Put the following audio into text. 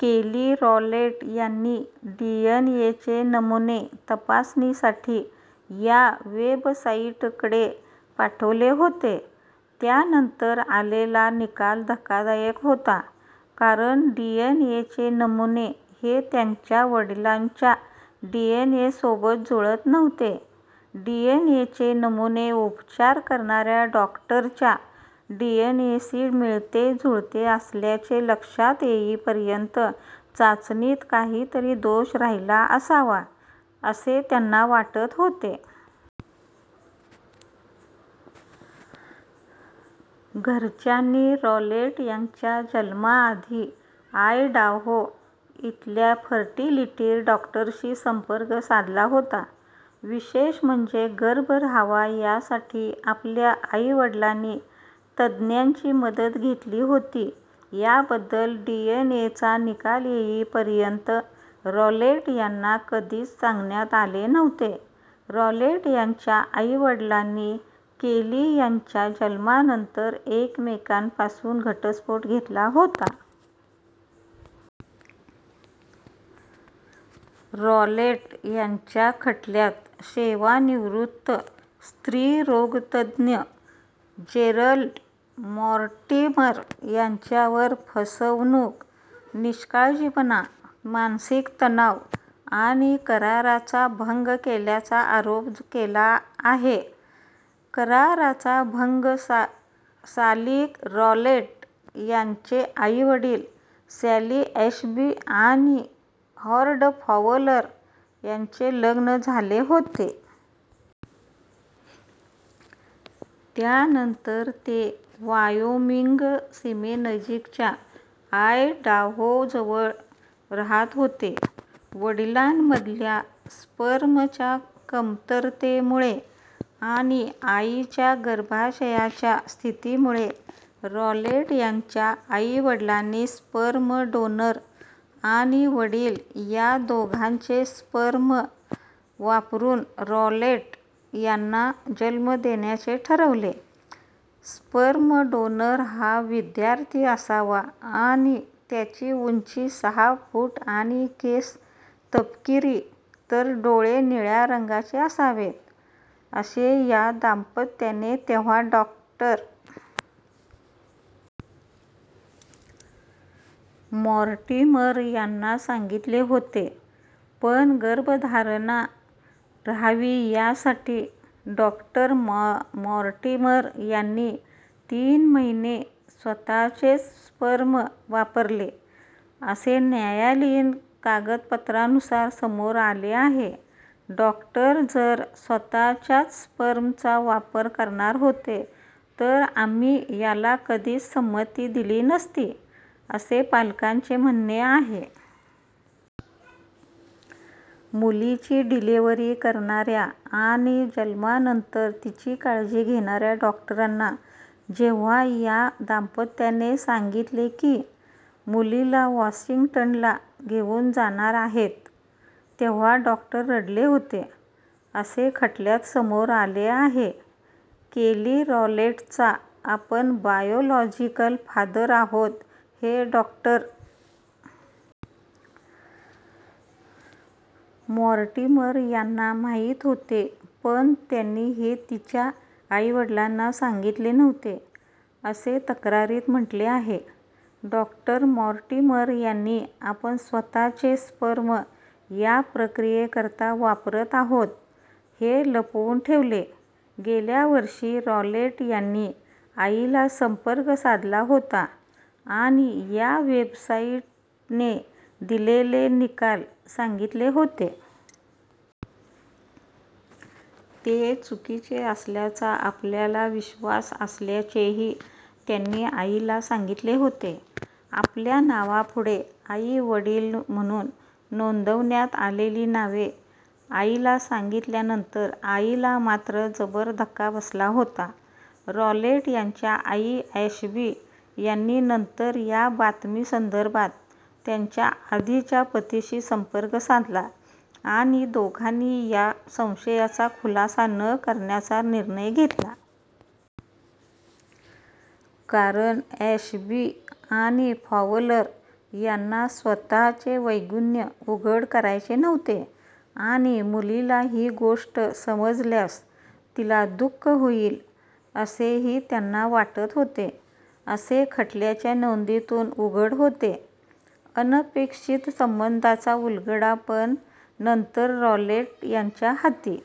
केली रॉलेट यांनी डीएनएचे नमुने तपासणीसाठी या वेबसाइटकडे पाठवले होते. त्यानंतर आलेला निकाल धक्कादायक होता. कारण डीएनएचे नमुने हे त्यांच्या वडिलांच्या डीएनएसोबत जुळत नव्हते. डीएनएचे नमुने उपचार करणाऱ्या डॉक्टरच्या डीएनएशी मिळतेजुळते असल्याचे लक्षात येईपर्यंत चाचणीत काहीतरी दोष राहिला असावा, असे त्यांना वाटत होते. घरच्यांनी रॉलेट यांच्या जन्माआधी आयडाहो इथल्या फर्टिलिटी डॉक्टरशी संपर्क साधला होता. विशेष म्हणजे गर्भ राहावा यासाठी आपल्या आई-वडिलांनी तज्ज्ञांची मदत घेतली होती याबद्दल डीएनएचा निकाल येईपर्यंत रॉलेट यांना कधीच सांगण्यात आले नव्हते. रॉलेट यांच्या आई-वडिलांनी केली यांच्या जन्मानंतर एकमेकांपासून घटस्फोट घेतला होता. रॉलेट यांच्या खटल्यात सेवानिवृत्त स्त्रीरोग तज्ज्ञ जेरल्ड मॉर्टिमर यांच्यावर फसवणूक, निष्काळजीपणा, मानसिक तणाव आणि कराराचा भंग केल्याचा आरोप केला आहे. कराराचा भंग साली रॉलेट यांचे आई-वडील सॅली ॲशबी आणि हॉर्ड फॉवलर यांचे लग्न झाले होते. त्यानंतर ते वायोमिंग सीमेनजीकच्या आयडाहोजवळ राहत होते. वडिलांमधल्या स्पर्मच्या कमतरतेमुळे आणि आईच्या गर्भाशयाच्या स्थितीमुळे रॉलेट यांच्या आई-वडिलांनी स्पर्म डोनर आणि वडील या दोघांचे स्पर्म वापरून रॉलेट यांना जन्म देण्याचे ठरवले. स्पर्म डोनर हा विद्यार्थी असावा आणि त्याची उंची सहा फूट आणि केस तपकिरी तर डोळे निळ्या रंगाचे असावेत, असे या दाम्पत्याने तेव्हा डॉ. मॉर्टिमर यांना सांगितले होते. पण गर्भधारणा राहावी यासाठी डॉ. मॉर्टिमर यांनी तीन महिने स्वतःचेच स्पर्म वापरले, असे न्यायालयीन कागदपत्रांनुसार समोर आले आहे. डॉक्टर जर स्वतःच्याच स्पर्मचा वापर करणार होते तर आम्ही याला कधीच संमती दिली नसती, असे पालकांचे म्हणणे आहे. मुलीची डिलिव्हरी करणाऱ्या आणि जन्मानंतर तिची काळजी घेणाऱ्या डॉक्टरांना जेव्हा या दाम्पत्याने सांगितले की, मुलीला वॉशिंग्टनला घेऊन जाणार आहेत, तेव्हा डॉक्टर रडले होते, असे खटल्यात समोर आले आहे. केली रॉलेटचा आपण बायोलॉजिकल फादर आहोत हे डॉ. मॉर्टिमर यांना माहिती होते, पण त्यांनी हे तिच्या आई-वडिलांना सांगितले नव्हते, असे तक्रारीत म्हटले आहे. डॉ. मॉर्टिमर यांनी आपण स्वतःचे स्पर्म या प्रक्रियेकरता वापरत आहोत, हे लपवून ठेवले. गेल्या वर्षी रॉलेट यांनी आईला संपर्क साधला होता आणि या वेबसाइटने दिलेले निकाल सांगितले होते. ते चुकीचे असल्याचा आपल्याला विश्वास असल्याचेही त्यांनी आईला सांगितले होते. आपल्या नावापुढे आई-वडील म्हणून नोंदवण्यात आलेली नावे आईला सांगितल्यानंतर आईला मात्र जबर धक्का बसला होता. रॉलेट यांच्या आई ॲशबी यांनी नंतर या बातमी संदर्भात त्यांच्या आधीच्या पतीशी संपर्क साधला आणि दोघांनी या संशयाचा खुलासा न करण्याचा निर्णय घेतला. कारण ॲशबी आणि फॉवलर यांना स्वतःचे वैगुण्य उघड करायचे नव्हते आणि मुलीला ही गोष्ट समजल्यास तिला दु:ख होईल, असेही त्यांना वाटत होते, असे खटल्याच्या नोंदीतून उघड होते. अनपेक्षित संबंधांचा उलगडा पण नंतर रॉलेट यांच्या हाती